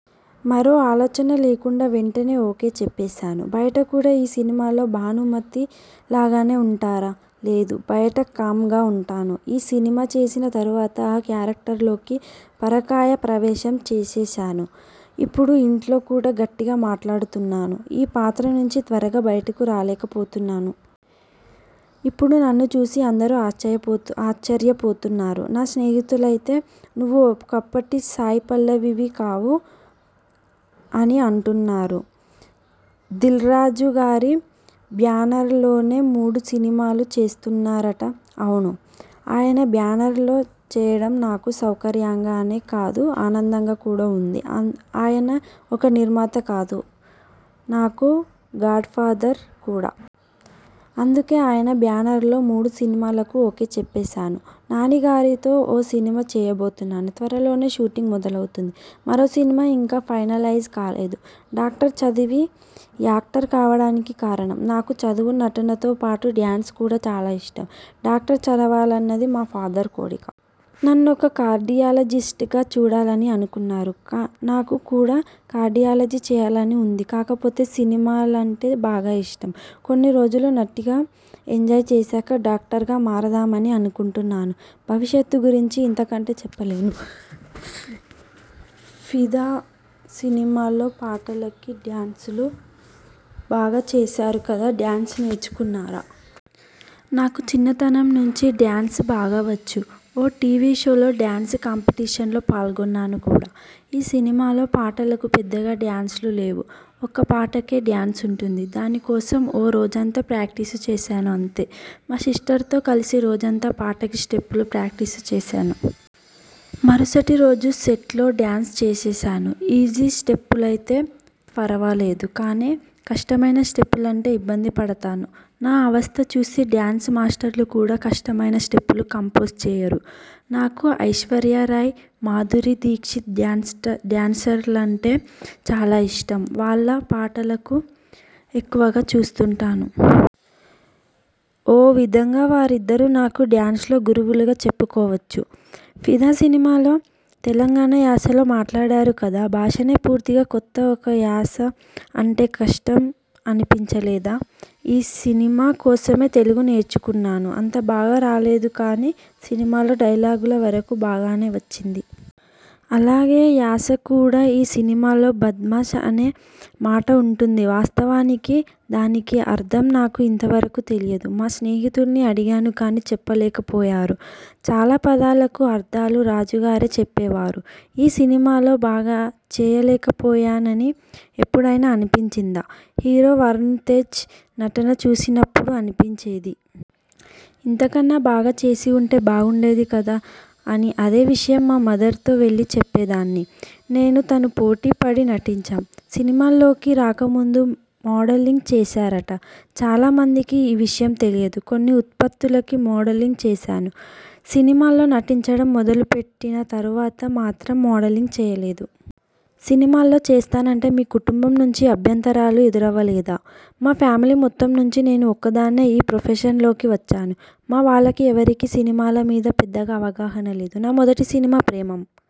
మరో ఆలోచన లేకుండా వెంటనే ఓకే చెప్పేశాను. బయట కూడా ఈ సినిమాలో భానుమతిలాగానే ఉంటారా? లేదు. బయట కామ్గా ఉంటాను. ఈ సినిమా చేసిన తరువాత ఆ క్యారెక్టర్లోకి పరకాయ ప్రవేశం చేసేశాను. ఇప్పుడు ఇంట్లో కూడా గట్టిగా మాట్లాడుతున్నాను. ఆ పాత్ర నుంచి త్వరగా బయటకు రాలేకపోతున్నాను. ఇప్పుడు నన్ను చూసి అందరూ ఆశ్చర్యపోతున్నారు. నా స్నేహితులైతే నువ్వు ఒకప్పటి సాయిపల్లవివి కావు అని అంటున్నారు. దిల్రాజుగారి బ్యానర్లోనే మూడు సినిమాలు చేస్తున్నారట? అవును. ఆయన బ్యానర్లో చేయడం నాకు సౌకర్యంగానే కాదు ఆనందంగా కూడా ఉంటుంది. ఆయన ఒక నిర్మాత కాదు, నాకు గాడ్ఫాదర్ కూడా! అందుకే ఆయన బ్యానర్లో మూడు సినిమాలకు ఓకే చెప్పేశాను. నానిగారితో ఓ సినిమా చేయబోతున్నాను. త్వరలోనే షూటింగ్ మొదలవుతుంది. మరో సినిమా ఇంకా ఫైనలైజ్ కాలేదు. డాక్టర్ చదివి యాక్టర్ కావడానికి కారణం? నాకు చదువు, నటనతో పాటు, డ్యాన్స్ కూడా చాలా ఇష్టం. డాక్టర్ చదవాలన్నది మా ఫాదర్ కోరిక. నన్నొక కార్డియాలజిస్ట్గా చూడాలని అనుకున్నారు. నాకు కూడా కార్డియాలజీ చేయాలని ఉంది. కాకపోతే సినిమాలంటే బాగా ఇష్టం. కొన్ని రోజులు నటిగా ఎంజాయ్ చేశాక డాక్టర్గా మారదామని అనుకుంటున్నాను. భవిష్యత్తు గురించి ఇంతకంటే చెప్పలేను. 'ఫిదా' సినిమాలో పాటలకి డ్యాన్సులు బాగా చేశారు కదా డ్యాన్స్ నేర్చుకున్నారా? నాకు చిన్నతనం నుంచి డ్యాన్స్ బాగా వచ్చు. ఓ టీవీ షోలో డ్యాన్స్ కాంపీటీషన్లో పాల్గొన్నాను కూడా. ఈ సినిమాలో పాటలకు పెద్దగా డ్యాన్స్లు లేవు. ఒక్కపాటకే డ్యాన్స్ ఉంటుంది. దాని కోసం ఓ రోజంతా ప్రాక్టీసు చేశాను అంతే! మా సిస్టర్తో కలిసి రోజంతా పాటకి స్టెప్పులు ప్రాక్టీసు చేశాను. మరుసటిరోజు సెట్లో డ్యాన్స్ చేసేశాను. ఈజీ స్టెప్పులయితే ఫరవాలేదు కానీ, కష్టమైన స్టెప్పులంటే ఇబ్బంది పడతాను. నా అవస్థ చూసి డ్యాన్స్ మాస్టర్లు కూడా కష్టమైన స్టెప్పులు కంపోజ్ చేయరు. నాకు ఐశ్వర్యారాయ్, మాధురి దీక్షిత్ డ్యాన్స్లంటే చాలా ఇష్టం. వాళ్ళ పాటలను ఎక్కువగా చూస్తుంటాను. ఓ విధంగా వారిద్దరూ నాకు డ్యాన్స్లో గురువులుగా చెప్పుకోవచ్చు. 'ఫిదా' సినిమాలో తెలంగాణ యాసలో మాట్లాడారు కదా! భాషనే పూర్తిగా కొత్త ఇక యాస అంటే కష్టం అనిపించలేదా? ఈ సినిమా కోసమే తెలుగు నేర్చుకున్నాను. అంత బాగా రాలేదు కానీ, సినిమాలో డైలాగుల వరకూ బాగానే వచ్చింది. అలాగే యాస కూడా! ఈ సినిమాలో 'బద్మాష్' అనే మాట ఉంటుంది. వాస్తవానికి దానికి అర్థం నాకు ఇంత వరకూ తెలియదు. మా స్నేహితుల్ని అడిగాను కానీ, చెప్పలేకపోయారు. చాలా పదాలకు అర్థాలు రాజుగారే చెప్పేవారు. ఈ సినిమాలో బాగా చేయలేకపోయానని ఎప్పుడైనా అనిపించిందా? హీరో వరుణ్తేజ్ నటన చూసినప్పుడు అనిపించేది. ఇంతకన్నా బాగా చేసి ఉంటే బాగుండేది కదా! అని అదే విషయం మా మదర్తో వెళ్ళి చెప్పేదాన్ని. నేనూ తను పోటీ పడి నటించాం. సినిమాల్లోకి రాకముందు మోడలింగ్ చేశారట? చాలామందికి ఈ విషయం తెలియదు. కొన్ని ఉత్పత్తులకి మోడలింగ్ చేశాను. సినిమాల్లో నటించడం మొదలు పెట్టిన తరువాత మాత్రం మోడలింగ్ చేయలేదు. సినిమాల్లో చేస్తానంటే మీ కుటుంబం నుంచి అభ్యంతరాలు ఎదురవ్వలేదా? మా ఫ్యామిలీ మొత్తం నుంచి నేను ఒక్కదాన్నే ఈ ప్రొఫెషన్లోకి వచ్చాను. మా వాళ్ళకి ఎవరికీ సినిమాల మీద పెద్దగా అవగాహన లేదు. నా మొదటి సినిమా 'ప్రేమమ్'